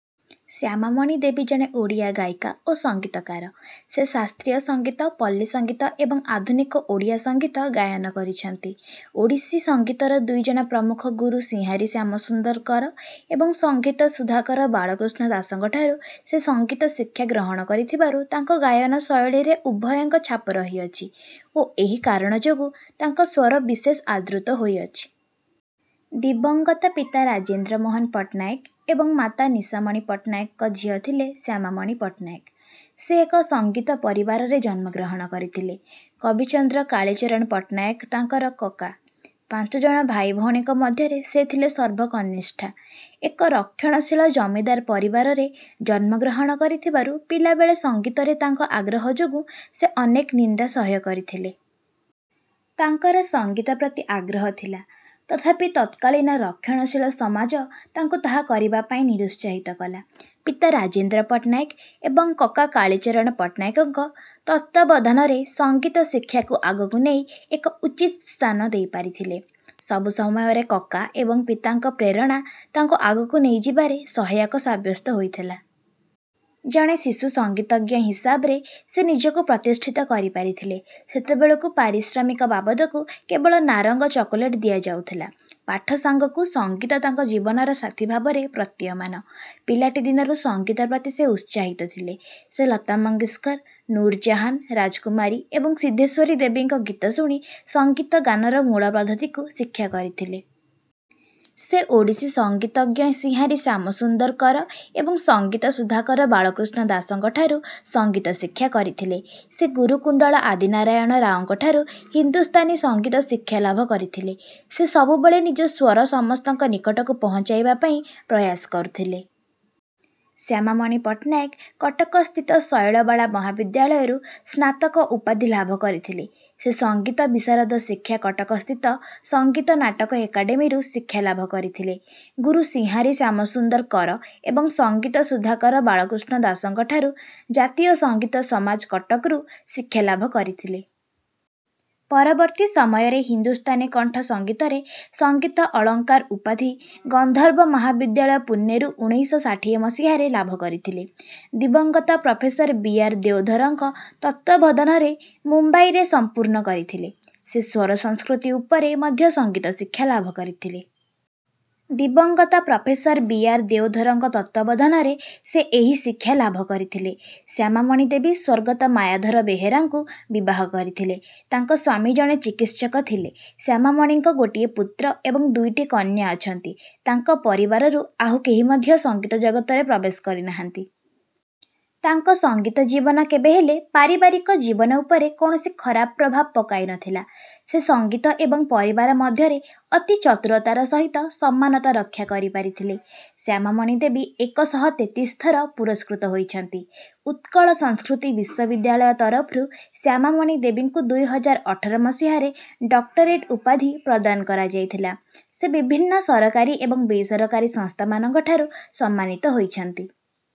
ଶ୍ୟାମାମଣି ଦେବୀ ଜଣେ ଓଡ଼ିଆ ଗାୟିକା ଓ ସଙ୍ଗୀତକାର। ସେ ଶାସ୍ତ୍ରୀୟ ସଙ୍ଗୀତ ପଲ୍ଲୀ ସଙ୍ଗୀତ ଏବଂ ଆଧୁନିକ ଓଡ଼ିଆ ସଙ୍ଗୀତ ଗାୟନ କରିଛନ୍ତି। ଓଡ଼ିଶୀ ସଙ୍ଗୀତର ଦୁଇଜଣ ପ୍ରମୁଖ ଗୁରୁ ସିଂହାରୀ ଶ୍ୟାମସୁନ୍ଦର କର ଏବଂ ସଙ୍ଗୀତ ସୁଧାକର ବାଳକୃଷ୍ଣ ଦାସଙ୍କଠାରୁ ସେ ସଙ୍ଗୀତ ଶିକ୍ଷା ଗ୍ରହଣ କରିଥିବାରୁ ତାଙ୍କ ଗାୟନ ଶୈଳୀରେ ଉଭୟଙ୍କ ଛାପ ରହିଅଛି ଓ ଏହି କାରଣ ଯୋଗୁଁ ତାଙ୍କ ସ୍ୱର ବିଶେଷ ଆଦୃତ ହୋଇଅଛି। ଦିବଂଗତ ପିତା ରାଜେନ୍ଦ୍ର ମୋହନ ପଟ୍ଟନାୟକ ଏବଂ ମାତା ନିଶାମଣି ପଟ୍ଟନାୟକଙ୍କ ଝିଅ ଥିଲେ ଶ୍ୟାମାମଣି ପଟ୍ଟନାୟକ। ସେ ଏକ ସଙ୍ଗୀତ ପରିବାରରେ ଜନ୍ମଗ୍ରହଣ କରିଥିଲେ। କବିଚନ୍ଦ୍ର କାଳୀଚରଣ ପଟ୍ଟନାୟକ ତାଙ୍କର କକା। ପାଞ୍ଚ ଜଣ ଭାଇଭଉଣୀଙ୍କ ମଧ୍ୟରେ ସେ ଥିଲେ ସର୍ବକନିଷ୍ଠା। ଏକ ରକ୍ଷଣଶୀଳ ଜମିଦାର ପରିବାରରେ ଜନ୍ମଗ୍ରହଣ କରିଥିବାରୁ ପିଲାବେଳେ ସଙ୍ଗୀତରେ ତାଙ୍କ ଆଗ୍ରହ ଯୋଗୁଁ ସେ ଅନେକ ନିନ୍ଦା ସହ୍ୟ କରିଥିଲେ। ତାଙ୍କର ସଙ୍ଗୀତ ପ୍ରତି ଆଗ୍ରହ ଥିଲା ତଥାପି ତତ୍କାଳୀନ ରକ୍ଷଣଶୀଳ ସମାଜ ତାଙ୍କୁ ତାହା କରିବା ପାଇଁ ନିରୁତ୍ସାହିତ କଲା। ପିତା ରାଜେନ୍ଦ୍ର ପଟ୍ଟନାୟକ ଏବଂ କକା କାଳୀଚରଣ ପଟ୍ଟନାୟକଙ୍କ ତତ୍ତ୍ୱାବଧାନରେ ସଙ୍ଗୀତ ଶିକ୍ଷାକୁ ଆଗକୁ ନେଇ ଏକ ଉଚିତ ସ୍ଥାନ ଦେଇପାରିଥିଲେ। ସବୁ ସମୟରେ କକା ଏବଂ ପିତାଙ୍କ ପ୍ରେରଣା ତାଙ୍କୁ ଆଗକୁ ନେଇଯିବାରେ ସହାୟକ ସାବ୍ୟସ୍ତ ହୋଇଥିଲା। ଜଣେ ଶିଶୁ ସଙ୍ଗୀତଜ୍ଞ ହିସାବରେ ସେ ନିଜକୁ ପ୍ରତିଷ୍ଠିତ କରିପାରିଥିଲେ। ସେତେବେଳକୁ ପାରିଶ୍ରମିକ ବାବଦକୁ କେବଳ ନାରଙ୍ଗ ଚକୋଲେଟ ଦିଆଯାଉଥିଲା। ପାଠ ସାଙ୍ଗକୁ ସଙ୍ଗୀତ ତାଙ୍କ ଜୀବନର ସାଥୀ ଭାବରେ ପ୍ରତିୟମାନ। ପିଲାଟିଦିନରୁ ସଙ୍ଗୀତ ପ୍ରତି ସେ ଉତ୍ସାହିତ ଥିଲେ। ସେ ଲତା ମଙ୍ଗେସକର ନୂର ଜାହାନ ରାଜକୁମାରୀ ଏବଂ ସିଦ୍ଧେଶ୍ୱରୀ ଦେବୀଙ୍କ ଗୀତ ଶୁଣି ସଙ୍ଗୀତ ଗାନର ମୂଳ ପଦ୍ଧତିକୁ ଶିକ୍ଷା କରିଥିଲେ। ସେ ଓଡ଼ିଶୀ ସଙ୍ଗୀତଜ୍ଞ ସିଂହାରୀ ଶ୍ୟାମସୁନ୍ଦର କର ଏବଂ ସଙ୍ଗୀତ ସୁଧାକର ବାଳକୃଷ୍ଣ ଦାସଙ୍କଠାରୁ ସଙ୍ଗୀତ ଶିକ୍ଷା କରିଥିଲେ। ସେ ଗୁରୁ କୁଣ୍ଡଳ ଆଦିନାରାୟଣ ରାଓଙ୍କଠାରୁ ହିନ୍ଦୁସ୍ଥାନୀ ସଙ୍ଗୀତ ଶିକ୍ଷା ଲାଭ କରିଥିଲେ। ସେ ସବୁବେଳେ ନିଜ ସ୍ୱର ସମସ୍ତଙ୍କ ନିକଟକୁ ପହଞ୍ଚାଇବା ପାଇଁ ପ୍ରୟାସ କରୁଥିଲେ। ଶ୍ୟାମାମଣି ପଟ୍ଟନାୟକ କଟକସ୍ଥିତ ଶୈଳବାଳା ମହାବିଦ୍ୟାଳୟରୁ ସ୍ନାତକ ଉପାଧି ଲାଭ କରିଥିଲେ। ସେ ସଙ୍ଗୀତ ବିଶାରଦ ଶିକ୍ଷା କଟକସ୍ଥିତ ସଙ୍ଗୀତ ନାଟକ ଏକାଡେମୀରୁ ଶିକ୍ଷାଲାଭ କରିଥିଲେ। ଗୁରୁ ସିଂହାରୀ ଶ୍ୟାମସୁନ୍ଦର କର ଏବଂ ସଙ୍ଗୀତ ସୁଧାକର ବାଳକୃଷ୍ଣ ଦାସଙ୍କଠାରୁ ଜାତୀୟ ସଙ୍ଗୀତ ସମାଜ କଟକରୁ ଶିକ୍ଷା ଲାଭ କରିଥିଲେ। ପରବର୍ତ୍ତୀ ସମୟରେ ହିନ୍ଦୁସ୍ତାନୀ କଣ୍ଠ ସଙ୍ଗୀତରେ ସଙ୍ଗୀତ ଅଳଙ୍କାର ଉପାଧି ଗନ୍ଧର୍ବ ମହାବିଦ୍ୟାଳୟ ପୁନେରୁ ଉଣେଇଶ ଶହ ଷାଠିଏ ମସିହାରେ ଲାଭ କରିଥିଲେ। ଦିବଂଗତ ପ୍ରଫେସର ବି ଆର ଦେଓଧରଙ୍କ ତତ୍ତ୍ୱାବଧାନରେ ମୁମ୍ବାଇରେ ସମ୍ପୂର୍ଣ୍ଣ କରିଥିଲେ। ସେ ସ୍ୱର ସଂସ୍କୃତି ଉପରେ ମଧ୍ୟ ସଙ୍ଗୀତ ଶିକ୍ଷା ଲାଭ କରିଥିଲେ। ଦିବଂଗତ ପ୍ରଫେସର ବି ଆର ଦେଓଧରଙ୍କ ତତ୍ତ୍ୱାବଧାନରେ ସେ ଏହି ଶିକ୍ଷା ଲାଭ କରିଥିଲେ। ଶ୍ୟାମାମଣି ଦେବୀ ସ୍ୱର୍ଗତ ମାୟାଧର ବେହେରାଙ୍କୁ ବିବାହ କରିଥିଲେ। ତାଙ୍କ ସ୍ୱାମୀ ଜଣେ ଚିକିତ୍ସକ ଥିଲେ। ଶ୍ୟାମାମଣିଙ୍କର ଗୋଟିଏ ପୁତ୍ର ଏବଂ ଦୁଇଟି କନ୍ୟା ଅଛନ୍ତି। ତାଙ୍କ ପରିବାରରୁ ଆଉ କେହି ମଧ୍ୟ ସଙ୍ଗୀତ ଜଗତରେ ପ୍ରବେଶ କରିନାହାନ୍ତି। ତାଙ୍କ ସଙ୍ଗୀତ ଜୀବନ କେବେହେଲେ ପାରିବାରିକ ଜୀବନ ଉପରେ କୌଣସି ଖରାପ ପ୍ରଭାବ ପକାଇନଥିଲା। ସେ ସଙ୍ଗୀତ ଏବଂ ପରିବାର ମଧ୍ୟରେ ଅତି ଚତୁରତାର ସହିତ ସମାନତା ରକ୍ଷା କରିପାରିଥିଲେ। ଶ୍ୟାମାମଣି ଦେବୀ ଏକ ଶହ ତେତିଶ ଥର ପୁରସ୍କୃତ ହୋଇଛନ୍ତି। ଉତ୍କଳ ସଂସ୍କୃତି ବିଶ୍ୱବିଦ୍ୟାଳୟ ତରଫରୁ ଶ୍ୟାମାମଣି ଦେବୀଙ୍କୁ ଦୁଇ ହଜାର ଅଠର ମସିହାରେ ଡକ୍ଟରେଟ ଉପାଧି ପ୍ରଦାନ କରାଯାଇଥିଲା। ସେ ବିଭିନ୍ନ ସରକାରୀ ଏବଂ ବେସରକାରୀ ସଂସ୍ଥାମାନଙ୍କଠାରୁ ସମ୍ମାନିତ ହୋଇଛନ୍ତି।